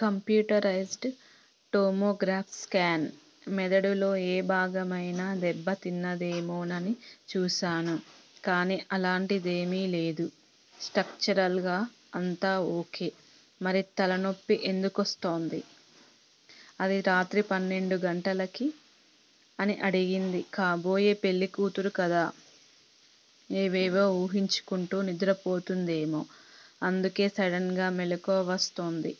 Computerise డ్ tomograph scan. మెదడులో ఏ భాగమైనా దెబ్బ తిన్నదేమోనని చూశాను, కానీ అలాంటిదేమీ లేదు. స్టక్చరల్ గా అంతా ఓకే. మరి తలనొప్పి ఎందుకొస్తోంది? అదీ రాత్రి పన్నెండుగంటలకి? అని అడిగింది. కాబోయే పెళ్ళికూతురు గదా. ఏవేవో ఊహించుకుంటూ నిద్ర పోతుందేమో. అందుకే సడన్ గా మెలకువ వస్తుంది.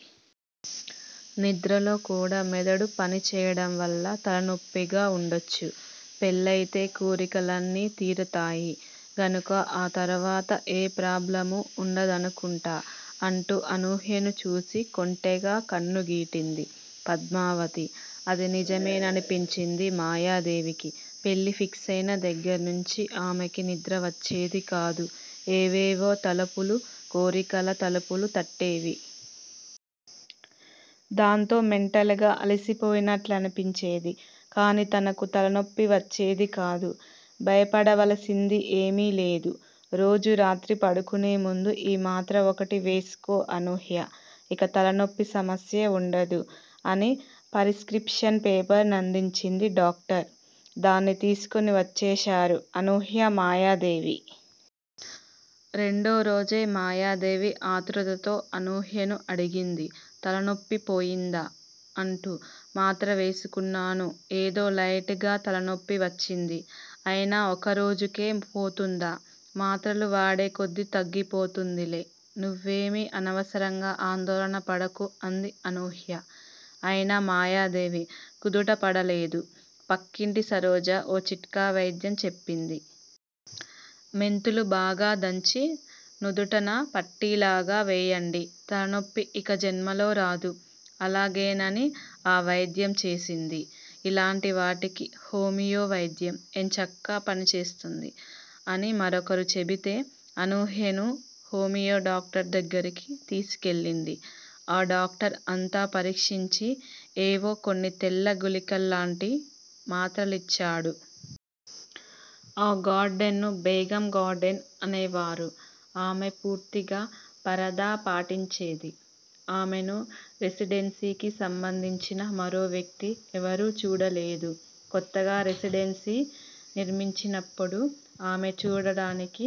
నిద్రలో కూడా మెదడు పనిచేయడం వల్ల తలనొప్పిగా ఉండొచ్చు. పెళ్ళయితే కోరికలన్నీ తీరుతాయి గనుక ఆ తరువాత ఏ ప్రాబ్లమూ వుండదనుకుంటా అంటూ అనూహ్యను చూసి కొంటెగా కన్నుగీటింది పద్మావతి. అది నిజమేననిపించింది మాయాదేవికి. పెళ్ళి ఫిక్సయిన దగ్గర్నుంచి ఆమెకి నిద్ర వచ్చేది కాదు. ఏవేవో తలపులు కోరికల తలుపులు తట్టేవి. దాంతో మెంటల్ గా అలిసిపోయినట్లనిపించేది, కానీ తనకు తలనొప్పి వచ్చేది కాదు. భయపడవలసింది ఏమీ లేదు. రోజూ రాత్రి పడుకునే ముందు ఈ మాత్ర ఒకటి వేసుకో అనూహ్య- ఇక తలనొప్పి సమస్య వుండదు అని పరిస్క్రిప్షన్ పేపర్ నందించింది డాక్టర్. దాన్ని తీసుకుని వచ్చేశారు అనూహ్య, మాయాదేవి. రెండో రోజే మాయాదేవి ఆత్రుతతో అనూహ్యను అడిగింది- తలనొప్పి పోయిందా? అంటూ. మాత్ర వేసుకున్నాను ఏదో లైట్ గా తలనొప్పి వచ్చింది. అయినా ఒకరోజుకే పోతుందా? మాత్రలు వాడేకొద్దీ తగ్గిపోతుందిలే. నువ్వేమీ అనవసరంగా ఆందోళన పడకు అంది అనూహ్య. అయినా మాయాదేవి కుదుటపడలేదు. పక్కింటి సరోజ ఓ చిట్కా వైద్యం చెప్పింది. మెంతులు బాగా దంచి, నుదుటన పట్టీలాగా వేయండి. తలనొప్పి ఇక జన్మలో రాదు అలాగేనని ఆ వైద్యం చేసింది. ఇలాంటివాటికి హోమియో వైద్యం ఎంచక్కా పనిచేస్తుంది అని మరొకరు చెబితే అనూహ్యను హోమియో డాక్టర్ దగ్గరికి తీసుకెళ్ళింది. ఆ డాక్టర్ అంతా పరీక్షించి ఏవో కొన్ని తెల్ల గుళికల్లాంటి మాత్రలిచ్చాడు. ఆ గార్డెన్ ను బేగం గార్డెన్ అనేవారు. ఆమె పూర్తిగా పరదా పాటించేది. ఆమెను రెసిడెన్సీకి సంబంధించిన మరో వ్యక్తి ఎవరూ చూడలేదు. కొత్తగా రెసిడెన్సీ నిర్మించినప్పుడు ఆమె చూడటానికి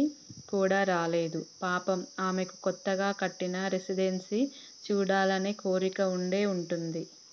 కూడా రాలేదు. పాపం ఆమెకు కొత్తగా కట్టిన రెసిడెన్సీ చూడాలనే కోరిక వుండే వుంటుంది.